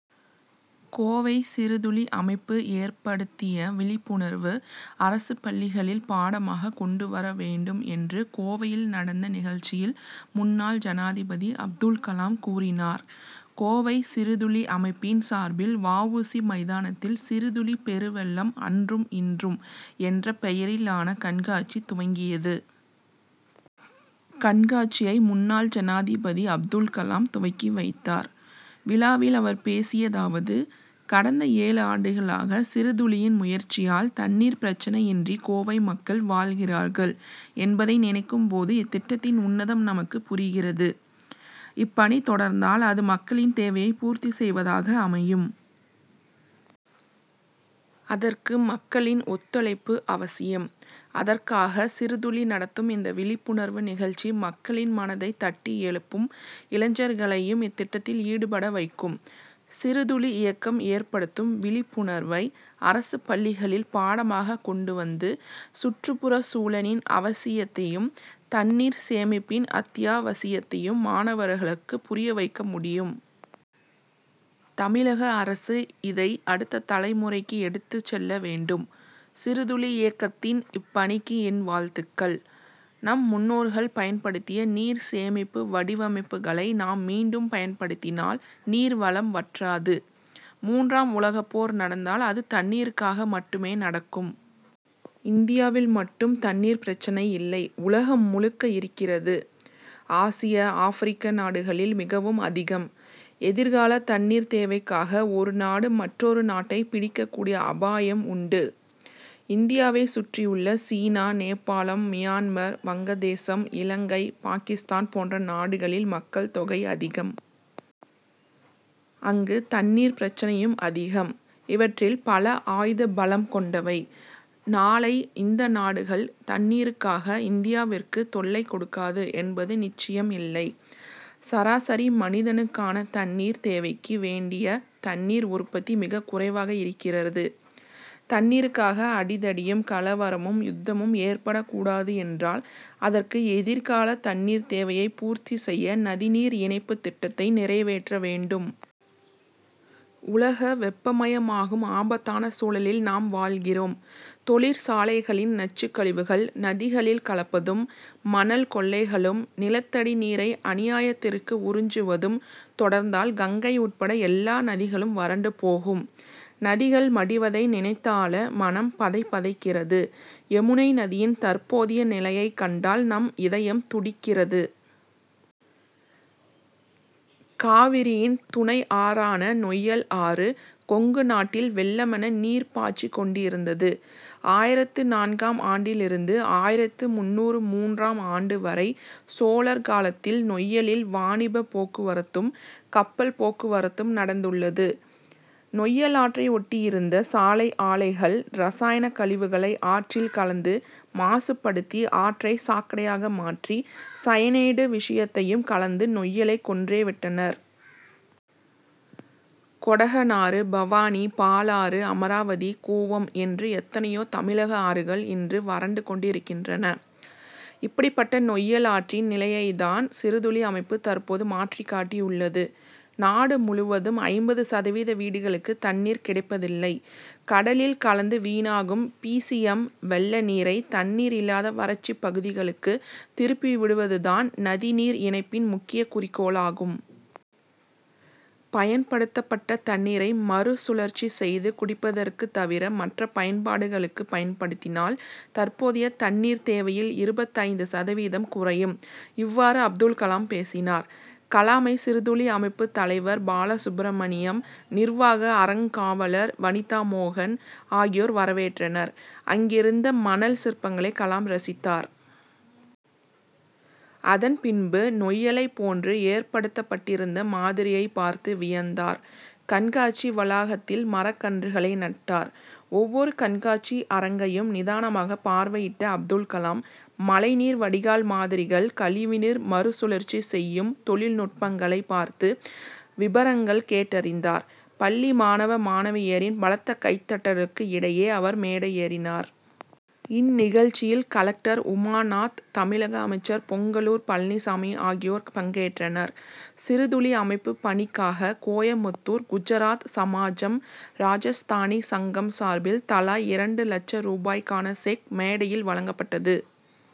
கோவை சிறுதுளி அமைப்பு ஏற்படுத்திய விழிப்புணர்வு, அரசு பள்ளிகளில் பாடமாக கொண்டு வரவேண்டும் என்று கோவையில் நடந்த நிகழ்ச்சியில் முன்னாள் ஜனாதிபதி அப்துல் கலாம் கூறினார். கோவை சிறுதுளி அமைப்பின் சார்பில், வ. உ. சி. மைதானத்தில் சிறுதுளி பெருவெள்ளம் அன்றும் இன்றும்' என்ற பெயரிலான கண்காட்சி துவங்கியது. கண்காட்சியை முன்னாள் ஜனாதிபதி அப்துல் கலாம் துவக்கி வைத்தார். விழாவில் அவர் பேசியதாவது கடந்த ஏழு ஆண்டுகளாக சிறுதுளியின் முயற்சியால் தண்ணீர் பிரச்னையின்றி கோவை மக்கள் வாழ்கிறார்கள் என்பதை நினைக்கும் போது இத்திட்டத்தின் உன்னதம் நமக்கு புரிகிறது. இப்பணி தொடர்ந்தால் அது மக்களின் தேவையைப் பூர்த்தி செய்வதாக அமையும். அதற்கு மக்களின் ஒத்துழைப்பு அவசியம். அதற்காக சிறுதுளி நடத்தும் இந்த விழிப்புணர்வு நிகழ்ச்சி மக்களின் மனதை தட்டி எழுப்பும் இளைஞர்களையும் இத்திட்டத்தில் ஈடுபடவைக்கும். சிறுதுளி இயக்கம் ஏற்படுத்தும் விழிப்புணர்வை, அரசு பள்ளிகளில் பாடமாக கொண்டுவந்து, சுற்றுப்புறச் சூழலின் அவசியத்தையும், தண்ணீர் சேமிப்பின் அத்தியாவசியத்தையும் மாணவர்களுக்கு புரிய வைக்க முடியும். தமிழக அரசு இதை அடுத்த தலை முறைக்கு எடுத்துச் செல்ல வேண்டும். சிறுதுளி இயக்கத்தின் இப்பணிக்கு என் வாழ்த்துக்கள். நம் முன்னோர்கள் பயன்படுத்திய நீர் சேமிப்பு வடிவமைப்புகளை நாம் மீண்டும் பயன்படுத்தினால் நீர் வளம் வற்றாது. மூன்றாம் உலகப்போர் நடந்தால், அது தண்ணீருக்காக மட்டுமே நடக்கும். இந்தியாவில் மட்டும் தண்ணீர் பிரச்னை இல்லை உலகம் முழுக்க இருக்கிறது. ஆசிய, ஆப்ரிக்க நாடுகளில் மிகவும் அதிகம். எதிர்கால தண்ணீர் தேவைக்காக ஒரு நாடு, மற்றொரு நாட்டை பிடிக்கக்கூடிய அபாயம் உண்டு. இந்தியாவை சுற்றியுள்ள, சீனா, நேபாளம், மியான்மர், வங்கதேசம், இலங்கை, பாகிஸ்தான் போன்ற நாடுகளில் மக்கள் தொகை அதிகம். அங்கு தண்ணீர் பிரச்னையும் அதிகம். இவற்றில் பல ஆயுத பலம் கொண்டவை. நாளை இந்த நாடுகள், தண்ணீருக்காக இந்தியாவிற்கு தொல்லை கொடுக்காது என்பது நிச்சயம் இல்லை. சராசரி மனிதனுக்கான தண்ணீர் தேவைக்கு வேண்டிய தண்ணீர் உற்பத்தி மிகக்குறைவாக இருக்கிறது. தண்ணீருக்காக அடிதடியும், கலவரமும் யுத்தமும் ஏற்படக்கூடாது என்றால் அதற்கு எதிர்காலத்தண்ணீர் தேவையை பூர்த்தி செய்ய நதிநீர் இணைப்புத் திட்டத்தை நிறைவேற்ற வேண்டும். உலக வெப்பமயமாகும் ஆபத்தான சூழலில் நாம் வாழ்கிறோம். தொழிற்சாலைகளின் நச்சுக்கழிவுகள், நதிகளில் கலப்பதும், மணல் கொள்ளைகளும், நிலத்தடி நீரை அநியாயத்திற்கு உறிஞ்சுவதும் தொடர்ந்தால் கங்கை உட்பட எல்லா நதிகளும் வறண்டு போகும். நதிகள் மடிவதை நினைத்தால மனம் பதைபதைக்கிறது. யமுனை நதியின் தற்போதைய நிலையை கண்டால் நம் இதயம் துடிக்கிறது. காவிரியின் துணை ஆறான நொய்யல் ஆறு, கொங்கு நாட்டில் வெள்ளமென நீர் பாய்ச்சிக் கொண்டிருந்தது. ஆயிரத்து நான்காம் ஆண்டிலிருந்து, ஆயிரத்து முந்நூற்று மூன்றாம் ஆண்டுவரை சோழர் காலத்தில் நொய்யலில் வாணிப போக்குவரத்தும், கப்பல் போக்குவரத்தும் நடந்துள்ளது. நொய்யலாற்றையொட்டியிருந்த சாலை ஆலைகள், ரசாயனக் கழிவுகளை ஆற்றில் கலந்து, மாசு படுத்தி ஆற்றை சாக்கடையாக மாற்றி, சயனைடு விஷயத்தையும் கலந்து நொய்யலைக் கொன்றே விட்டனர். கொடகனாறு, பவானி, பாலாறு, அமராவதி, கூவம் என்று எத்தனையோ தமிழக ஆறுகள் இன்று வறண்டு கொண்டிருக்கின்றன. இப்படிப்பட்ட நொய்யல் ஆற்றின் நிலையைத்தான் சிறுதுளி அமைப்பு தற்போது மாற்றிக்காட்டியுள்ளது. நாடுமுழுவதும் ஐம்பது சதவீத வீடுகளுக்கு தண்ணீர் கிடைப்பதில்லை. கடலில் கலந்து வீணாகும் பி. சி. எம்., வெள்ள நீரை, தண்ணீர் இல்லாத வறட்சிப் பகுதிகளுக்கு திருப்பி விடுவது தான் நதிநீர் இணைப்பின் முக்கிய குறிக்கோளாகும். பயன்படுத்தப்பட்ட தண்ணீரை மறுசுழற்சி செய்து குடிப்பதற்கு தவிர மற்ற பயன்பாடுகளுக்கு பயன்படுத்தினால், தற்போதைய தண்ணீர் தேவையில் இருபத்தைந்து சதவீதம் குறையும். இவ்வாறு அப்துல் கலாம் பேசினார். கலாமை சிறுதுளி அமைப்பு தலைவர் பாலசுப்ரமணியம், நிர்வாக அறங்காவலர் வனிதா மோகன் ஆகியோர் வரவேற்றனர். அங்கிருந்த மணல் சிற்பங்களை கலாம் ரசித்தார். அதன் பின்பு நொய்யலைப் போன்று ஏற்படுத்தப்பட்டிருந்த மாதிரியைப் பார்த்து வியந்தார். கண்காட்சி வளாகத்தில் மரக்கன்றுகளை நட்டார். ஒவ்வொரு கண்காட்சி அரங்கையும் நிதானமாகப் பார்வையிட்ட அப்துல் கலாம், மழைநீர் வடிகால் மாதிரிகள், கழிவுநீர் மறுசுழற்சி செய்யும் தொழில்நுட்பங்களைப் பார்த்து, விபரங்கள் கேட்டறிந்தார். பள்ளி மாணவ மாணவியரின் பலத்த கைதட்டலுக்கு இடையே அவர் மேடையேறினார். இந்நிகழ்ச்சியில் கலெக்டர் உமாநாத், தமிழக அமைச்சர் பொங்கலூர் பழனிச்சாமி ஆகியோர் பங்கேற்றனர். சிறுதுளி அமைப்பு பணிக்காக கோயமுத்தூர் குஜராத் சமாஜம், ராஜஸ்தானி சங்கம் சார்பில் தலா இரண்டு லட்ச ரூபாய்க்கான செக் மேடையில் வழங்கப்பட்டது.